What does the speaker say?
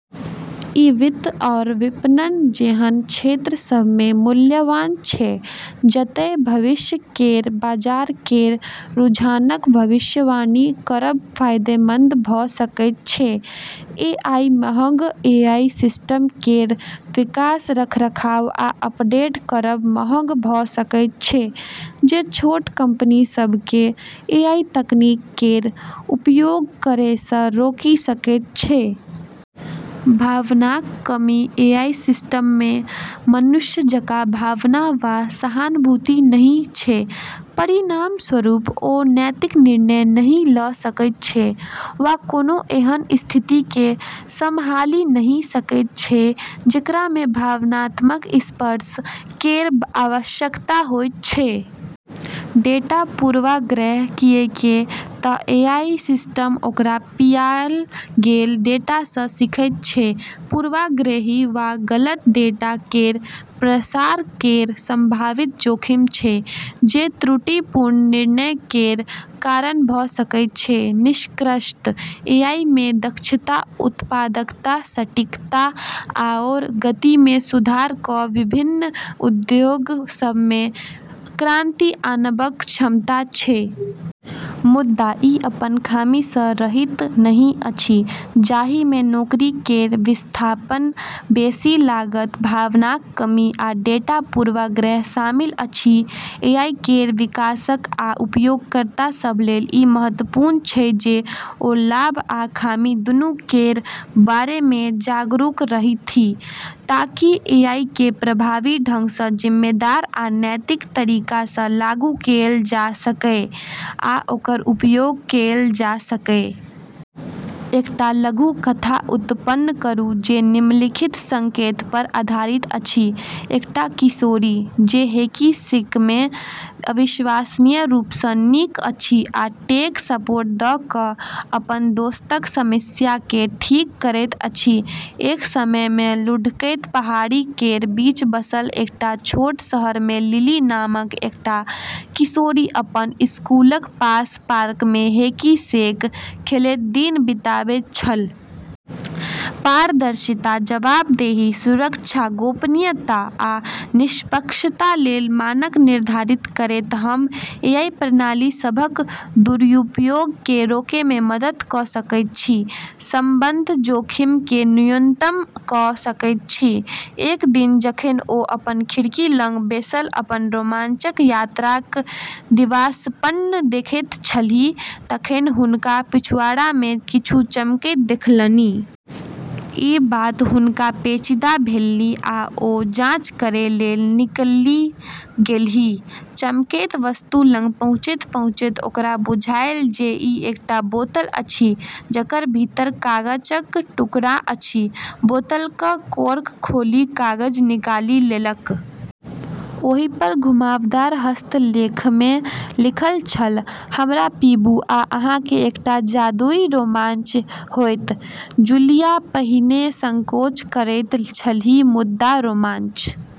ई वित्त आओर विपणन जेहन क्षेत्र सभमे मूल्यवान छै, जतए भविष्य केर बाजार केर रुझानक भविष्यवाणी करब फायदेमंद भऽ सकैत छै। ए.आई. महग: एआई सिस्टम केर विकास, रखरखाव आ अपडेट करब महग भऽ सकैत छै, जे छोट कंपनी सभकेँ एआई तकनीक केर उपयोग करैसँ रोकि सकैत छै। भावनाक कमी: एआई सिस्टममे मनुष्य जकाँ भावना वा सहानुभूति नहि छै। परिणामस्वरूप, ओ नैतिक निर्णय नहि लऽ सकैत छै वा कोनो एहन स्थितिकेँ सम्हालि नहि सकैत छै, जेकरामे भावनात्मक स्पर्श केर आवश्यकता होइत छै। डेटा पूर्वाग्रह: किऐक तऽ एआई सिस्टम ओकरा पियाएल गेल डेटासँ सीखैत छै, पूर्वाग्रही वा गलत डेटा केर प्रसार केर संभावित जोखिम छै, जे त्रुटिपूर्ण निर्णय केर कारण भऽ सकैत छै। निष्कर्षतः एआईमे दक्षता, उत्पादकता, सटीकता, आओर गतिमे सुधार कऽ विभिन्न उद्योग सभमे क्रांति आनबाक क्षमता छै। मुदा, ई अपन खामीसँ रहित नहि अछि, जाहिमे नौकरी केर विस्थापन, बेसी लागत, भावनाक कमी, आ डेटा पूर्वाग्रह शामिल अछि। एआई केर विकासक आ उपयोगकर्ता सभ लेल ई महत्वपूर्ण छै जे ओ लाभ आ खामी दूनू केर बारेमे जागरूक रहथि, ताकि एआईकेँ प्रभावी ढंगसँ जिम्मेदार आ नैतिक तरीकासँ लागू कएल जा सकए आ ओकर उपयोग कएल जा सकए। एकटा लघुकथा उत्पन्न करू जे निम्नलिखित संकेतपर आधारित अछि - एकटा किशोरी, जे हैकी-सैकमे अविश्वसनीय रूपसँ नीक अछि आ टेक सपोर्ट दऽ कऽ अपन दोस्तक समस्याकेँ ठीक करैत अछि। एक समयमे लुढ़कैत पहाड़ी केर बीच बसल एकटा छोट शहरमे लिली नामक एकटा किशोरी अपन स्कूलक पास पार्कमे हैकी-सैक खेलैत दिन बिताबैत छल। पारदर्शिता, जवाबदेही, सुरक्षा, गोपनीयता, आ निष्पक्षता लेल मानक निर्धारित करैत, हम एआई प्रणाली सभक दुरुपयोगकेँ रोकैमे मदद कऽ सकैत छी, सम्बद्ध जोखिमकेँ न्यूनतम कऽ सकैत छी। एक दिन जखन ओ अपन खिड़की लग बैसल अपन रोमांचक यात्राक दिवास्वप्न देखैत छलीह तखन हुनका पछुआड़मे किछु चमकैत देखलनि। ई बात हुनका पेचीदा भेलनि आ ओ जांच करै लेल निकलि गेलीह। चमकैत वस्तु लग पहुँचैत-पहुँचैत ओकरा बुझायल जे ई एकटा बोतल अछि जकर भीतर कागजक टुकड़ा अछि। बोतलक कॉर्क खोलि कागज निकालि लेलक। ओहिपर घुमावदार हस्तलेखमे लिखल छल, "हमरा पीबू आ अहाँकेँ एकटा जादुई रोमांच होयत।" जूलिया पहिने संकोच करैत छलीह, मुदा रोमांच।